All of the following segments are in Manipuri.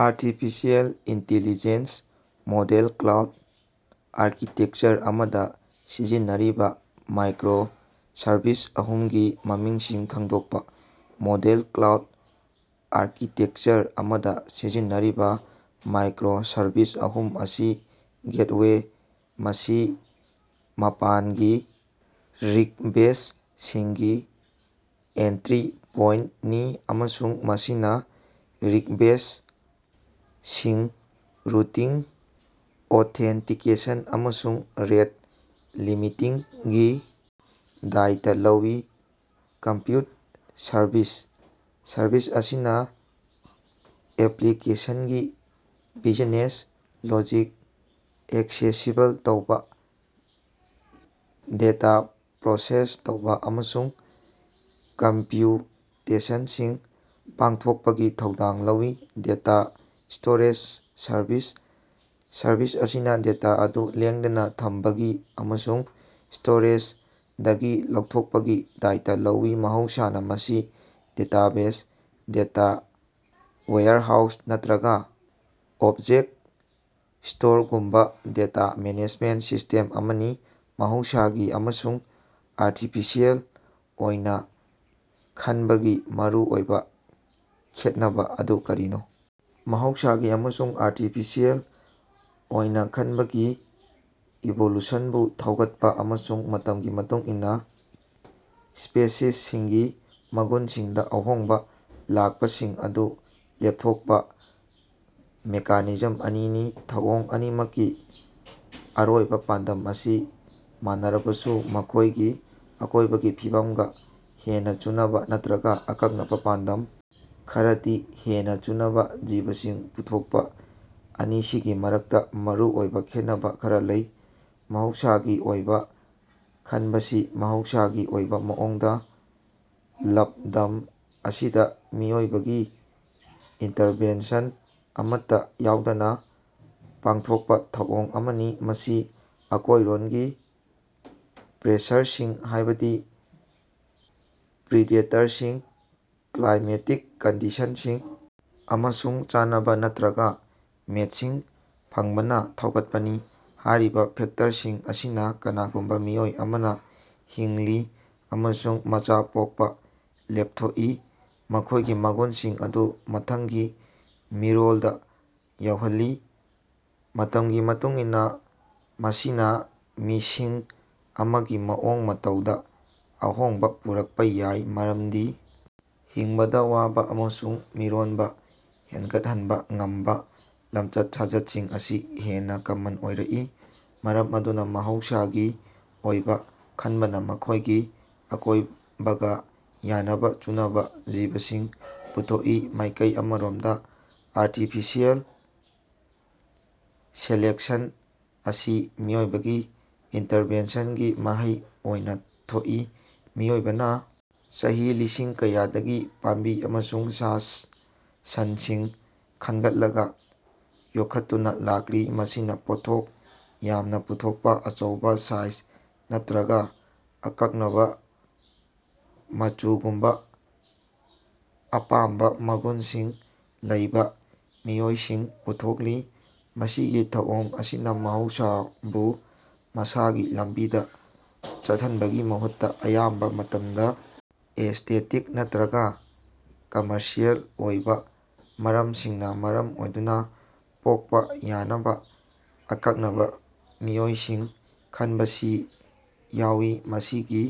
Artificial intelligence model cloud architecture ꯑꯃꯗ ꯁꯤꯖꯤꯟꯅꯔꯤꯕ ꯃꯥꯏꯀ꯭ꯔꯣ-ꯁꯔꯚꯤꯁ ꯑꯍꯨꯝꯒꯤ ꯃꯃꯤꯡꯁꯤꯡ ꯈꯪꯗꯣꯛꯄ꯫ ꯃꯣꯗꯦꯜ ꯀ꯭ꯂꯥꯎꯗ ꯑꯥꯔꯀꯤꯇꯦꯛꯆꯔ ꯑꯃꯗ ꯁꯤꯖꯤꯟꯅꯔꯤꯕ ꯃꯥꯏꯀ꯭ꯔꯣ-ꯁꯔꯚꯤꯁ ꯑꯍꯨꯝ ꯑꯁꯤ: ꯒꯦꯠꯋꯦ: ꯃꯁꯤ ꯃꯄꯥꯟꯒꯤ ꯔꯤꯛꯕꯦꯁ꯭ꯇꯁꯤꯡꯒꯤ ꯑꯦꯟꯇ꯭ꯔꯤ ꯄꯣꯏꯟꯇꯅꯤ ꯑꯃꯁꯨꯡ ꯃꯁꯤꯅ ꯔꯤꯛꯕꯦꯁꯇꯁꯤꯡ ꯔꯨꯇꯤꯡ, ꯑꯣꯊꯦꯟꯇꯤꯀꯦꯁꯟ, ꯑꯃꯁꯨꯡ ꯔꯦꯠ ꯂꯤꯃꯤꯇꯤꯡꯒꯤ ꯗꯥꯏꯇ ꯂꯧꯏ꯫ ꯀꯝꯄ꯭ꯌꯨꯠ ꯁꯔꯚꯤꯁ: ꯁꯔꯚꯤꯁ ꯑꯁꯤꯅ ꯑꯦꯄ꯭ꯂꯤꯀꯦꯁꯟꯒꯤ ꯕꯤꯖꯤꯅꯦꯁ ꯂꯣꯖꯤꯛ ꯑꯦꯛꯁꯦꯁꯤꯕꯜ ꯇꯧꯕ, ꯗꯦꯇ ꯄ꯭ꯔꯣꯁꯦꯁ ꯇꯧꯕ ꯑꯃꯁꯨꯡ ꯀꯝꯄ꯭ꯌꯨꯇꯦꯁꯟꯁꯤꯡ ꯄꯥꯡꯊꯣꯛꯄꯒꯤ ꯊꯧꯗꯥꯡ ꯂꯧꯏ꯫ ꯗꯦꯇ ꯁ꯭ꯇꯣꯔꯦꯖ ꯁꯔꯚꯤꯁ: ꯁꯔꯚꯤꯁ ꯑꯁꯤꯅ ꯗꯦꯇꯥ ꯑꯗꯨ ꯂꯦꯡꯗꯅ ꯊꯝꯕꯒꯤ ꯑꯃꯁꯨꯡ ꯁ꯭ꯇꯣꯔꯦꯖꯗꯒꯤ ꯂꯧꯊꯣꯛꯄꯒꯤ ꯗꯥꯏꯇ ꯂꯧꯏ꯫ ꯃꯍꯧꯁꯥꯅ, ꯃꯁꯤ ꯗꯦꯇꯥꯕꯦꯖ, ꯗꯦꯇꯥ ꯋꯦꯌꯔꯍꯥꯎꯁ ꯅꯠꯇ꯭ꯔꯒ ꯑꯣꯕꯖꯦꯛꯇ ꯁ꯭ꯇꯣꯔꯒꯨꯝꯕ ꯗꯦꯇ ꯃꯦꯅꯦꯖꯃꯦꯟꯇ ꯁꯤꯁ꯭ꯇꯦꯝ ꯑꯃꯅꯤ꯫ ꯃꯍꯧꯁꯥꯒꯤ ꯑꯃꯁꯨꯡ ꯑꯥꯔꯇꯤꯐꯤꯁꯤꯑꯦꯜ ꯑꯣꯏꯅꯥ ꯈꯟꯕꯒꯤ ꯃꯔꯨꯑꯣꯏꯕ ꯈꯦꯠꯅꯕ ꯑꯗꯨ ꯀꯔꯤꯅꯣ? ꯃꯍꯧꯁꯥꯒꯤ ꯑꯃꯁꯨꯡ ꯑꯥꯔꯇꯤꯐꯤꯁꯤꯑꯦꯜ ꯑꯣꯏꯅ ꯈꯟꯕꯁꯤ ꯏꯚꯣꯂꯨꯁꯟꯕꯨ ꯊꯧꯒꯠꯄ ꯑꯃꯁꯨꯡ ꯃꯇꯝꯒꯤ ꯃꯇꯨꯡ ꯏꯟꯅ ꯁ꯭ꯄꯦꯁꯤꯁꯁꯤꯡꯒꯤ ꯃꯒꯨꯟꯁꯤꯡꯗ ꯑꯍꯣꯡꯕ ꯂꯥꯛꯄꯁꯤꯡ ꯑꯗꯨ ꯂꯦꯞꯊꯣꯛꯄ ꯃꯦꯀꯥꯅꯤꯖꯝ ꯑꯅꯤꯅꯤ꯫ ꯊꯧꯑꯣꯡ ꯑꯅꯤꯃꯛꯀꯤ ꯑꯔꯣꯏꯕ ꯄꯥꯟꯗꯝ ꯑꯁꯤ ꯃꯥꯟꯅꯔꯕꯁꯨ ꯃꯈꯣꯏꯒꯤ ꯑꯀꯣꯏꯕꯒꯤ ꯐꯤꯕꯝꯒ ꯍꯦꯟꯅ ꯆꯨꯅꯕ ꯅꯠꯇ꯭ꯔꯒ ꯑꯀꯛꯅꯕ ꯄꯥꯟꯗꯝ ꯈꯔꯗ ꯍꯦꯟꯅ ꯆꯨꯅꯕ ꯖꯤꯕꯁꯤꯡ ꯄꯨꯊꯣꯛꯄ ꯑꯅꯤꯁꯤꯒꯤ ꯃꯔꯛꯇ ꯃꯔꯨꯑꯣꯏꯕ ꯈꯦꯠꯅꯕ ꯈꯔ ꯂꯩ꯫ ꯃꯍꯧꯁꯥꯒꯤ ꯑꯣꯏꯕꯥ ꯈꯟꯕꯁꯤ ꯃꯍꯧꯁꯥꯒꯤ ꯑꯣꯏꯕ ꯃꯑꯣꯡꯗ ꯂꯞꯗꯝ ꯑꯁꯤꯗ, ꯃꯤꯑꯣꯏꯕꯒꯤ ꯏꯟꯇꯔꯚꯦꯟꯁꯟ ꯑꯃꯠꯇ ꯌꯥꯎꯗꯅ ꯄꯥꯡꯊꯣꯛꯄ ꯊꯧꯑꯣꯡ ꯑꯃꯅꯤ꯫ ꯃꯁꯤ ꯑꯀꯣꯏꯔꯣꯟꯒꯤ ꯄ꯭ꯔꯦꯁꯔꯁꯤꯡ, ꯍꯥꯏꯕꯗꯤ ꯄ꯭ꯔꯤꯗꯦꯇꯔꯁꯤꯡ, ꯀ꯭ꯂꯥꯏꯃꯦꯇꯤꯛ ꯀꯟꯗꯤꯁꯟꯁꯤꯡ, ꯑꯃꯁꯨꯡ ꯆꯥꯅꯕꯥ ꯅꯠꯠꯔꯒꯥ ꯃꯦꯠꯁꯤꯡ ꯐꯪꯕꯅꯥ ꯊꯧꯒꯠꯄꯅꯤ꯫ ꯍꯥꯏꯔꯤꯕ ꯐꯦꯛꯇꯔꯁꯤꯡ ꯑꯁꯤꯅ ꯀꯅꯥꯒꯨꯝꯕ ꯃꯤꯑꯣꯏ ꯑꯃꯅ ꯍꯤꯡꯂꯤ ꯑꯃꯁꯨꯡ ꯃꯆꯥ ꯄꯣꯛꯄ ꯂꯦꯞꯊꯣꯛꯏ, ꯃꯈꯣꯏꯒꯤ ꯃꯒꯨꯟꯁꯤꯡ ꯑꯗꯨ ꯃꯊꯪꯒꯤ ꯃꯤꯔꯣꯜꯗ ꯌꯧꯍꯜꯂꯤ꯫ ꯃꯇꯝꯒꯤ ꯃꯇꯨꯡꯏꯟꯅ, ꯃꯁꯤꯅꯥ ꯃꯤꯁꯤꯡ ꯑꯃꯒꯤ ꯃꯑꯣꯡ-ꯃꯇꯧꯗ ꯑꯍꯣꯡꯕ ꯄꯨꯔꯛꯄꯥ ꯌꯥꯏ, ꯃꯔꯝꯗꯤ ꯍꯤꯡꯕꯗ ꯋꯥꯕ ꯑꯃꯁꯨꯡ ꯃꯤꯔꯣꯟꯕ ꯍꯦꯟꯒꯠꯍꯟꯕ ꯉꯝꯕ ꯂꯝꯆꯠ-ꯁꯥꯖꯠꯁꯤꯡ ꯑꯁꯤ ꯍꯦꯟꯅ ꯀꯃꯟ ꯑꯣꯏꯔꯛꯏ꯫ ꯃꯔꯝ ꯑꯗꯨꯅ ꯃꯍꯧꯁꯥꯒꯤ ꯑꯣꯏꯕ ꯈꯟꯕꯅ ꯃꯈꯣꯏꯒꯤ ꯑꯀꯣꯏꯕꯒ ꯌꯥꯝꯅ ꯆꯨꯅꯕ ꯖꯤꯕꯁꯤꯡ ꯄꯨꯊꯣꯛꯏ꯫ ꯃꯥꯏꯀꯩ ꯑꯃꯔꯣꯝꯗ ꯑꯥꯔꯇꯤꯐꯤꯁꯤꯑꯦꯜ ꯁꯦꯂꯦꯛꯁꯟ ꯑꯁꯤ ꯃꯤꯑꯣꯏꯕꯒꯤ ꯏꯟꯇꯔꯚꯦꯟꯁꯟꯒꯤ ꯃꯍꯩ ꯑꯣꯏꯅ ꯊꯣꯛꯏ꯫ ꯃꯤꯑꯣꯏꯕꯅ ꯆꯍꯤ ꯂꯤꯁꯤꯡ ꯀꯌꯥꯗꯒꯤ ꯄꯥꯝꯕꯤ ꯑꯃꯁꯨꯡ ꯁꯥ-ꯁꯟꯁꯤꯡ ꯈꯟꯒꯠꯂꯒ ꯌꯣꯛꯈꯠꯇꯨꯅ ꯂꯥꯛꯂꯤ, ꯃꯁꯤꯅ ꯄꯣꯠꯊꯣꯛ ꯌꯥꯝꯅꯥ ꯄꯨꯊꯣꯀꯄꯥ, ꯑꯆꯧꯕꯥ ꯁꯥꯏꯖ ꯅꯠꯠꯔꯒꯥ ꯑꯀꯛꯅꯕꯥ ꯃꯆꯨꯒꯨꯝꯕ ꯑꯄꯥꯝꯕ ꯃꯒꯨꯟꯁꯤꯡ ꯂꯩꯕ ꯃꯤꯑꯣꯏꯁꯤꯡ ꯄꯨꯊꯣꯛꯂꯤ꯫ ꯃꯁꯤꯒꯤ ꯊꯧꯑꯣꯡ ꯑꯁꯤꯅ ꯃꯍꯧꯁꯥꯕꯨ ꯃꯁꯥꯒꯤ ꯂꯝꯕꯤꯗꯥ ꯆꯠꯍꯟꯕꯒꯤ ꯃꯍꯨꯠꯇ, ꯑꯌꯥꯝꯕ ꯃꯇꯝꯗ ꯑꯦꯁ꯭ꯇꯦꯇꯤꯛ ꯅꯠꯇ꯭ꯔꯒ ꯀꯝꯃꯔꯁꯤꯑꯦꯜ ꯑꯣꯏꯕ ꯃꯔꯝꯁꯤꯡꯅ ꯃꯔꯝ ꯑꯣꯏꯗꯨꯅ, ꯄꯣꯛꯄ ꯌꯥꯅꯕ ꯑꯀꯛꯅꯕ ꯃꯤꯑꯣꯏꯁꯤꯡ ꯈꯟꯕꯁꯤ ꯌꯥꯎꯏ꯫ ꯃꯁꯤꯒꯤ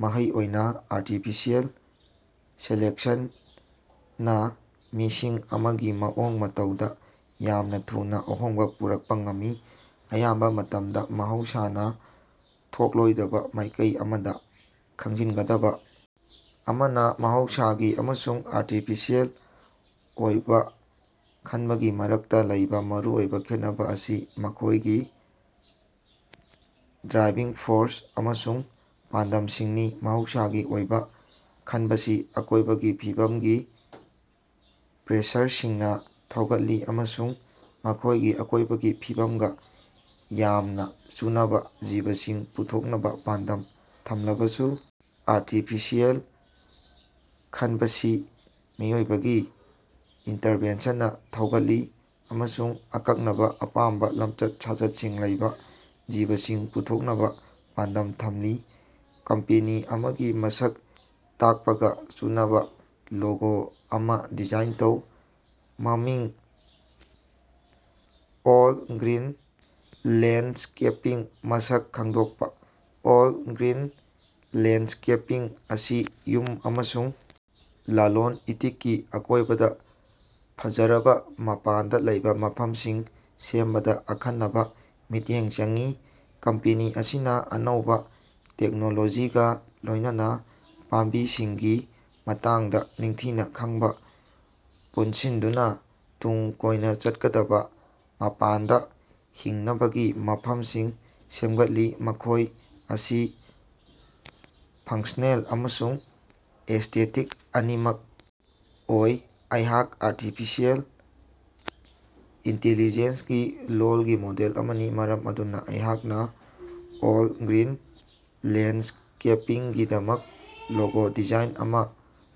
ꯃꯍꯩ ꯑꯣꯏꯅ, ꯑꯥꯔꯇꯤꯐꯤꯁꯤꯑꯦꯜ ꯁꯦꯂꯦꯛꯁꯟꯅ ꯃꯤꯁꯤꯡ ꯑꯃꯒꯤ ꯃꯑꯣꯡ-ꯃꯇꯧꯗ ꯌꯥꯝꯅ ꯊꯨꯅ ꯑꯍꯣꯡꯕ ꯄꯨꯔꯛꯄ ꯉꯝꯃꯤ, ꯑꯌꯥꯝꯕ ꯃꯇꯝꯗ ꯃꯍꯧꯁꯥꯅ ꯊꯣꯛꯂꯣꯏꯗꯕ ꯃꯥꯏꯀꯩ ꯑꯃꯗ꯫ ꯈꯪꯖꯤꯟꯒꯗꯕ ꯑꯃꯅꯥ, ꯃꯍꯧꯁꯥꯒꯤ ꯑꯃꯁꯨꯡ ꯑꯥꯔꯇꯤꯐꯤꯁꯤꯑꯦꯜ ꯑꯣꯏꯕ ꯈꯟꯕꯒꯤ ꯃꯔꯛꯇ ꯂꯩꯕ ꯃꯔꯨꯑꯣꯏꯕ ꯈꯦꯠꯅꯕ ꯑꯁꯤ ꯃꯈꯣꯏꯒꯤ ꯗ꯭ꯔꯥꯏꯚꯤꯡ ꯐꯣꯔꯁ ꯑꯃꯁꯨꯡ ꯄꯥꯟꯗꯝꯁꯤꯡꯅꯤ꯫ ꯃꯍꯧꯁꯥꯒꯤ ꯑꯣꯏꯕ ꯈꯟꯕꯁꯤ ꯑꯀꯣꯏꯕꯒꯤ ꯐꯤꯕꯝꯒꯤ ꯄ꯭ꯔꯦꯁꯔꯁꯤꯡꯅ ꯊꯧꯒꯠꯂꯤ ꯑꯃꯁꯨꯡ ꯃꯈꯣꯏꯒꯤ ꯑꯀꯣꯏꯕꯒꯤ ꯐꯤꯕꯝꯒ ꯌꯥꯝꯅ ꯆꯨꯅꯕ ꯖꯤꯕꯁꯤꯡ ꯄꯨꯊꯣꯛꯅꯕ ꯄꯥꯟꯗꯝ ꯊꯝꯂꯕꯁꯨ, ꯑꯥꯔꯇꯤꯐꯤꯁꯤꯑꯦꯜ ꯈꯟꯕꯁꯤ ꯃꯤꯑꯣꯏꯕꯒꯤ ꯏꯟꯇꯔꯚꯦꯟꯁꯟꯅ ꯊꯧꯒꯠꯂꯤ ꯑꯃꯁꯨꯡ ꯑꯀꯛꯅꯕ, ꯑꯄꯥꯝꯕ ꯂꯝꯆꯠ-ꯁꯥꯖꯠꯁꯤꯡ ꯂꯩꯕ ꯖꯤꯕꯁꯤꯡ ꯄꯨꯊꯣꯛꯅꯕ ꯄꯥꯟꯗꯝ ꯊꯝꯂꯤ꯫ ꯀꯝꯄꯦꯅꯤ ꯑꯃꯒꯤ ꯃꯁꯛ ꯇꯥꯛꯄꯒ ꯆꯨꯅꯕꯥ ꯂꯣꯒꯣ ꯑꯃ ꯗꯤꯖꯥꯏꯟ ꯇꯧꯕ꯫ ꯃꯃꯤꯡ: ꯑꯣꯜ-ꯒ꯭ꯔꯤꯟ ꯂꯦꯟꯗꯁ꯭ꯀꯦꯄꯤꯡ ꯃꯁꯛ ꯈꯪꯗꯣꯛꯄ: ꯑꯣꯜ-ꯒ꯭ꯔꯤꯟ ꯂꯦꯟꯗꯁ꯭ꯀꯦꯄꯤꯡ ꯑꯁꯤ ꯌꯨꯝ ꯑꯃꯁꯨꯡ ꯂꯂꯣꯟ-ꯏꯇꯤꯛꯀꯤ ꯑꯀꯣꯏꯕꯗ ꯐꯖꯔꯕ ꯃꯄꯥꯟꯗ ꯂꯩꯕ ꯃꯐꯝꯁꯤꯡ ꯁꯦꯝꯕꯗ ꯑꯈꯟꯅꯕ ꯃꯤꯠꯌꯦꯡ ꯆꯪꯏ꯫ ꯀꯝꯄꯦꯅꯤ ꯑꯁꯤꯅ ꯑꯅꯧꯕ ꯇꯦꯛꯅꯣꯂꯣꯖꯤꯒꯥ ꯂꯣꯏꯅꯅ ꯄꯥꯝꯕꯤꯁꯤꯡꯒꯤ ꯃꯇꯥꯡꯗ ꯅꯤꯡꯊꯤꯅ ꯈꯪꯕꯥ ꯄꯨꯟꯁꯤꯟꯗꯨꯅ ꯇꯨꯡ ꯀꯣꯏꯅ ꯆꯠꯀꯗꯕ ꯃꯄꯥꯟꯗ ꯍꯤꯡꯅꯕꯒꯤ ꯃꯐꯝꯁꯤꯡ ꯁꯦꯝꯒꯠꯂꯤ, ꯃꯈꯣꯏ ꯑꯁꯤ ꯐꯪꯁ꯭ꯅꯦꯜ ꯑꯃꯁꯨꯡ ꯑꯦꯁ꯭ꯇꯦꯇꯤꯛ ꯑꯅꯤꯃꯛ ꯑꯣꯏ꯫ ꯑꯩꯍꯥꯛ ꯑꯥꯔꯇꯤꯐꯤꯁꯥꯑꯦꯜ ꯏꯟꯇꯤꯂꯤꯖꯦꯟꯁꯒꯤ ꯂꯣꯜꯒꯤ ꯃꯣꯗꯦꯜ ꯑꯃꯅꯤ, ꯃꯔꯝ ꯑꯗꯨꯅ ꯑꯩꯍꯥꯛꯅ ꯑꯣꯜ-ꯒ꯭ꯔꯤꯟ ꯂꯦꯟꯗꯁ꯭ꯀꯦꯄꯤꯡꯒꯤꯗꯃꯛ ꯂꯣꯒꯣ ꯗꯤꯖꯥꯏꯟ ꯑꯃꯥ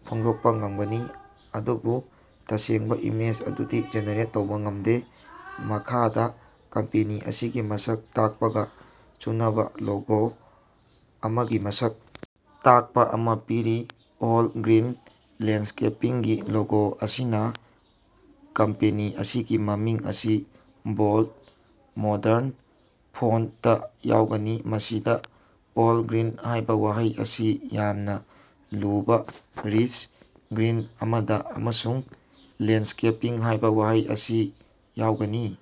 ꯐꯣꯡꯗꯣꯛꯄ ꯉꯝꯒꯅꯤ, ꯑꯗꯨꯕꯨ ꯇꯁꯦꯡꯕ ꯏꯃꯦꯖ ꯑꯗꯨꯗꯤ ꯖꯦꯅꯦꯔꯦꯠ ꯇꯧꯕ ꯉꯝꯗꯦ꯫ ꯃꯈꯥꯗ ꯀꯝꯄꯦꯅꯤ ꯑꯁꯤꯒꯤ ꯃꯁꯛ ꯇꯥꯛꯄꯒ ꯆꯨꯅꯕ ꯂꯣꯒꯣ ꯑꯃꯒꯤ ꯃꯁꯛ ꯇꯥꯀꯄꯥ ꯑꯃꯥ ꯄꯤꯔꯤ: ꯑꯣꯜ-ꯒ꯭ꯔꯤꯟ ꯂꯦꯟꯗꯁ꯭ꯀꯦꯄꯤꯡꯒꯤ ꯂꯣꯒꯣ ꯑꯁꯤꯅꯥ ꯀꯝꯄꯦꯅꯤ ꯑꯁꯤꯒꯤ ꯃꯃꯤꯡ ꯑꯁꯤ ꯕꯣꯜꯗ, ꯃꯣꯗꯔꯟ ꯐꯣꯟꯇꯇ ꯌꯥꯎꯒꯅꯤ, ꯃꯁꯤꯗ "ꯑꯣꯜ-ꯒ꯭ꯔꯤꯟ" ꯍꯥꯏꯕ ꯋꯥꯍꯩ ꯑꯁꯤ ꯌꯥꯝꯅ ꯂꯨꯕ, ꯔꯤꯆ ꯒ꯭ꯔꯤꯟ ꯑꯃꯗ ꯑꯃꯁꯨꯡ "ꯂꯦꯟꯗꯁ꯭ꯀꯦꯄꯤꯡ" ꯍꯥꯏꯕ ꯋꯥꯍꯩ ꯑꯁꯤ ꯌꯥꯎꯒꯅꯤ꯫